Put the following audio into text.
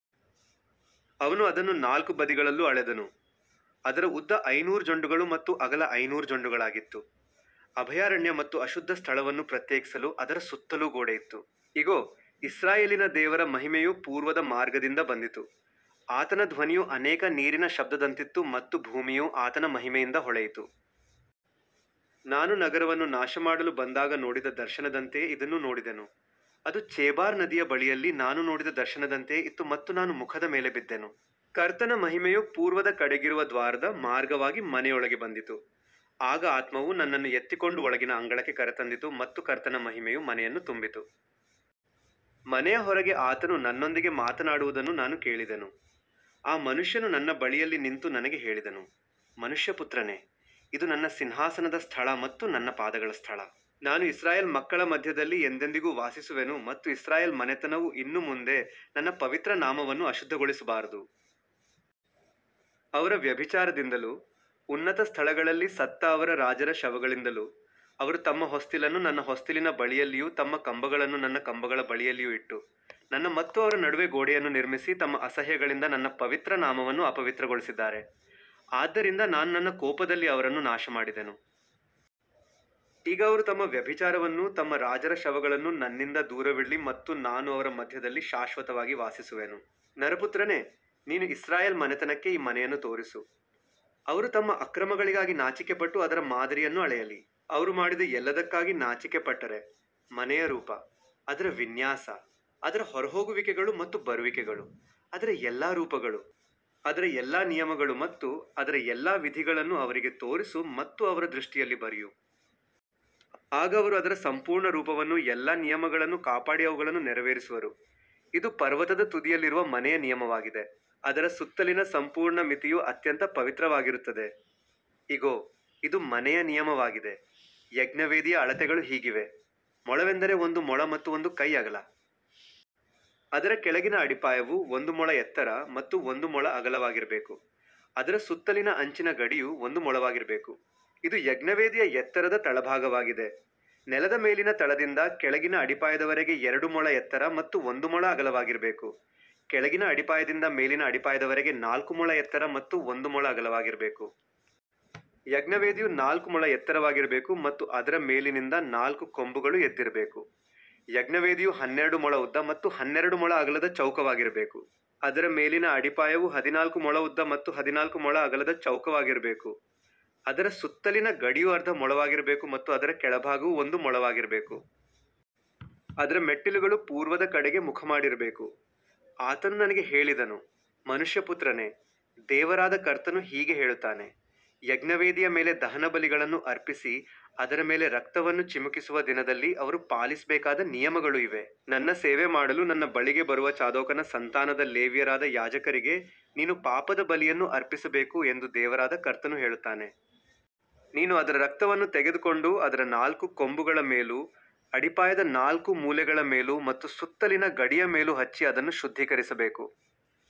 ಅವನು ಅದನ್ನು ನಾಲ್ಕು ಬದಿಗಳಲ್ಲೂ ಅಳೆದನು. ಅದರ ಉದ್ದ ಐನೂರು ಜೊಂಡುಗಳು ಮತ್ತು ಅಗಲ ಐನೂರು ಜೊಂಡುಗಳಾಗಿತ್ತು. ಅಭಯಾರಣ್ಯ ಮತ್ತು ಅಶುದ್ಧ ಸ್ಥಳವನ್ನು ಪ್ರತ್ಯೇಕಿಸಲು ಅದರ ಸುತ್ತಲೂ ಗೋಡೆಯಿತ್ತು. ಇಗೋ, ಇಸ್ರಾಯೇಲಿನ ದೇವರ ಮಹಿಮೆಯು ಪೂರ್ವದ ಮಾರ್ಗದಿಂದ ಬಂದಿತು. ಆತನ ಧ್ವನಿಯು ಅನೇಕ ನೀರಿನ ಶಬ್ದದಂತಿತ್ತು ಮತ್ತು ಭೂಮಿಯು ಆತನ ಮಹಿಮೆಯಿಂದ ಹೊಳೆಯಿತು. ನಾನು ನಗರವನ್ನು ನಾಶಮಾಡಲು ಬಂದಾಗ ನೋಡಿದ ದರ್ಶನದಂತೆಯೇ ಇದನ್ನೂ ನೋಡಿದೆನು. ಅದು ಚೇಬಾರ್ ನದಿಯ ಬಳಿಯಲ್ಲಿ ನಾನು ನೋಡಿದ ದರ್ಶನದಂತೆಯೇ ಇತ್ತು ಮತ್ತು ನಾನು ಮುಖದ ಮೇಲೆ ಬಿದ್ದೆನು. ಕರ್ತನ ಮಹಿಮೆಯು ಪೂರ್ವದ ಕಡೆಗಿರುವ ದ್ವಾರದ ಮಾರ್ಗವಾಗಿ ಮನೆಯೊಳಗೆ ಬಂದಿತು. ಆಗ ಆತ್ಮವು ನನ್ನನ್ನು ಎತ್ತಿಕೊಂಡು ಒಳಗಿನ ಅಂಗಳಕ್ಕೆ ಕರೆತಂದಿತು ಮತ್ತು ಕರ್ತನ ಮಹಿಮೆಯು ಮನೆಯನ್ನು ತುಂಬಿತು. ಮನೆಯ ಹೊರಗೆ ಆತನು ನನ್ನೊಂದಿಗೆ ಮಾತನಾಡುವುದನ್ನು ನಾನು ಕೇಳಿದೆನು. ಆ ಮನುಷ್ಯನು ನನ್ನ ಬಳಿಯಲ್ಲಿ ನಿಂತು ನನಗೆ ಹೇಳಿದನು, ಮನುಷ್ಯಪುತ್ರನೇ, ಇದು ನನ್ನ ಸಿಂಹಾಸನದ ಸ್ಥಳ ಮತ್ತು ನನ್ನ ಪಾದಗಳ ಸ್ಥಳ. ನಾನು ಇಸ್ರಾಯೇಲ್ ಮಕ್ಕಳ ಮಧ್ಯದಲ್ಲಿ ಎಂದೆಂದಿಗೂ ವಾಸಿಸುವೆನು ಮತ್ತು ಇಸ್ರಾಯೇಲ್ ಮನೆತನವು ಇನ್ನು ಮುಂದೆ ನನ್ನ ಪವಿತ್ರ ನಾಮವನ್ನು ಅಶುದ್ಧಗೊಳಿಸಬಾರದು. ಅವರ ವ್ಯಭಿಚಾರದಿಂದಲೂ, ಉನ್ನತ ಸ್ಥಳಗಳಲ್ಲಿ ಸತ್ತ ಅವರ ರಾಜರ ಶವಗಳಿಂದಲೂ, ಅವರು ತಮ್ಮ ಹೊಸ್ತಿಲನ್ನು ನನ್ನ ಹೊಸ್ತಿಲಿನ ಬಳಿಯಲ್ಲಿಯೂ ತಮ್ಮ ಕಂಬಗಳನ್ನು ನನ್ನ ಕಂಬಗಳ ಬಳಿಯಲ್ಲಿಯೂ ಇಟ್ಟು, ನನ್ನ ಮತ್ತು ಅವರ ನಡುವೆ ಗೋಡೆಯನ್ನು ನಿರ್ಮಿಸಿ ತಮ್ಮ ಅಸಹ್ಯಗಳಿಂದ ನನ್ನ ಪವಿತ್ರ ನಾಮವನ್ನು ಅಪವಿತ್ರಗೊಳಿಸಿದ್ದಾರೆ. ಆದ್ದರಿಂದ ನಾನು ನನ್ನ ಕೋಪದಲ್ಲಿ ಅವರನ್ನು ನಾಶಮಾಡಿದೆನು. ಈಗ ಅವರು ತಮ್ಮ ವ್ಯಭಿಚಾರವನ್ನೂ ತಮ್ಮ ರಾಜರ ಶವಗಳನ್ನೂ ನನ್ನಿಂದ ದೂರವಿಡಲಿ ಮತ್ತು ನಾನು ಅವರ ಮಧ್ಯದಲ್ಲಿ ಶಾಶ್ವತವಾಗಿ ವಾಸಿಸುವೆನು. ನರಪುತ್ರನೇ, ನೀನು ಇಸ್ರಾಯೇಲ್ ಮನೆತನಕ್ಕೆ ಈ ಮನೆಯನ್ನು ತೋರಿಸು. ಅವರು ತಮ್ಮ ಅಕ್ರಮಗಳಿಗಾಗಿ ನಾಚಿಕೆಪಟ್ಟು ಅದರ ಮಾದರಿಯನ್ನು ಅಳೆಯಲಿ. ಅವರು ಮಾಡಿದ ಎಲ್ಲದಕ್ಕಾಗಿ ನಾಚಿಕೆಪಟ್ಟರೆ, ಮನೆಯ ರೂಪ, ಅದರ ವಿನ್ಯಾಸ, ಅದರ ಹೊರಹೋಗುವಿಕೆಗಳು ಮತ್ತು ಬರುವಿಕೆಗಳು, ಅದರ ಎಲ್ಲಾ ರೂಪಗಳು, ಅದರ ಎಲ್ಲಾ ನಿಯಮಗಳು ಮತ್ತು ಅದರ ಎಲ್ಲಾ ವಿಧಿಗಳನ್ನು ಅವರಿಗೆ ತೋರಿಸು ಮತ್ತು ಅವರ ದೃಷ್ಟಿಯಲ್ಲಿ ಬರೆಯು. ಆಗ ಅವರು ಅದರ ಸಂಪೂರ್ಣ ರೂಪವನ್ನೂ ಎಲ್ಲಾ ನಿಯಮಗಳನ್ನೂ ಕಾಪಾಡಿ ಅವುಗಳನ್ನು ನೆರವೇರಿಸುವರು. ಇದು ಪರ್ವತದ ತುದಿಯಲ್ಲಿರುವ ಮನೆಯ ನಿಯಮವಾಗಿದೆ. ಅದರ ಸುತ್ತಲಿನ ಸಂಪೂರ್ಣ ಮಿತಿಯು ಅತ್ಯಂತ ಪವಿತ್ರವಾಗಿರುತ್ತದೆ. ಇಗೋ, ಇದು ಮನೆಯ ನಿಯಮವಾಗಿದೆ. ಯಜ್ಞವೇದಿಯ ಅಳತೆಗಳು ಹೀಗಿವೆ. ಮೊಳವೆಂದರೆ ಒಂದು ಮೊಳ ಮತ್ತು ಒಂದು ಕೈ ಅಗಲ. ಅದರ ಕೆಳಗಿನ ಅಡಿಪಾಯವು ಒಂದು ಮೊಳ ಎತ್ತರ ಮತ್ತು ಒಂದು ಮೊಳ ಅಗಲವಾಗಿರಬೇಕು. ಅದರ ಸುತ್ತಲಿನ ಅಂಚಿನ ಗಡಿಯು ಒಂದು ಮೊಳವಾಗಿರಬೇಕು. ಇದು ಯಜ್ಞವೇದಿಯ ಎತ್ತರದ ತಳಭಾಗವಾಗಿದೆ. ನೆಲದ ಮೇಲಿನ ತಳದಿಂದ ಕೆಳಗಿನ ಅಡಿಪಾಯದವರೆಗೆ ಎರಡು ಮೊಳ ಎತ್ತರ ಮತ್ತು ಒಂದು ಮೊಳ ಅಗಲವಾಗಿರಬೇಕು. ಕೆಳಗಿನ ಅಡಿಪಾಯದಿಂದ ಮೇಲಿನ ಅಡಿಪಾಯದವರೆಗೆ ನಾಲ್ಕು ಮೊಳ ಎತ್ತರ ಮತ್ತು ಒಂದು ಮೊಳ ಅಗಲವಾಗಿರಬೇಕು. ಯಜ್ಞವೇದಿಯು ನಾಲ್ಕು ಮೊಳ ಎತ್ತರವಾಗಿರಬೇಕು ಮತ್ತು ಅದರ ಮೇಲಿನಿಂದ ನಾಲ್ಕು ಕೊಂಬುಗಳು ಎದ್ದಿರಬೇಕು. ಯಜ್ಞವೇದಿಯು ಹನ್ನೆರಡು ಮೊಳ ಉದ್ದ ಮತ್ತು ಹನ್ನೆರಡು ಮೊಳ ಅಗಲದ ಚೌಕವಾಗಿರಬೇಕು. ಅದರ ಮೇಲಿನ ಅಡಿಪಾಯವು ಹದಿನಾಲ್ಕು ಮೊಳ ಉದ್ದ ಮತ್ತು ಹದಿನಾಲ್ಕು ಮೊಳ ಅಗಲದ ಚೌಕವಾಗಿರಬೇಕು. ಅದರ ಸುತ್ತಲಿನ ಗಡಿಯು ಅರ್ಧ ಮೊಳವಾಗಿರಬೇಕು ಮತ್ತು ಅದರ ಕೆಳಭಾಗವು ಒಂದು ಮೊಳವಾಗಿರಬೇಕು. ಅದರ ಮೆಟ್ಟಿಲುಗಳು ಪೂರ್ವದ ಕಡೆಗೆ ಮುಖಮಾಡಿರಬೇಕು. ಆತನು ನನಗೆ ಹೇಳಿದನು, ಮನುಷ್ಯಪುತ್ರನೇ, ದೇವರಾದ ಕರ್ತನು ಹೀಗೆ ಹೇಳುತ್ತಾನೆ, ಯಜ್ಞವೇದಿಯ ಮೇಲೆ ದಹನಬಲಿಗಳನ್ನು ಅರ್ಪಿಸಿ ಅದರ ಮೇಲೆ ರಕ್ತವನ್ನು ಚಿಮುಕಿಸುವ ದಿನದಲ್ಲಿ ಅವರು ಪಾಲಿಸಬೇಕಾದ ನಿಯಮಗಳು ಇವೇ. ನನ್ನ ಸೇವೆ ಮಾಡಲು ನನ್ನ ಬಳಿಗೆ ಬರುವ ಚಾದೋಕನ ಸಂತಾನದ ಲೇವಿಯರಾದ ಯಾಜಕರಿಗೆ ನೀನು ಪಾಪದ ಬಲಿಯನ್ನು ಅರ್ಪಿಸಬೇಕು ಎಂದು ದೇವರಾದ ಕರ್ತನು ಹೇಳುತ್ತಾನೆ. ನೀನು ಅದರ ರಕ್ತವನ್ನು ತೆಗೆದುಕೊಂಡು ಅದರ ನಾಲ್ಕು ಕೊಂಬುಗಳ ಮೇಲೂ, ಅಡಿಪಾಯದ ನಾಲ್ಕು ಮೂಲೆಗಳ ಮೇಲೂ ಮತ್ತು ಸುತ್ತಲಿನ ಗಡಿಯ ಮೇಲೂ ಹಚ್ಚಿ ಅದನ್ನು ಶುದ್ಧೀಕರಿಸಬೇಕು.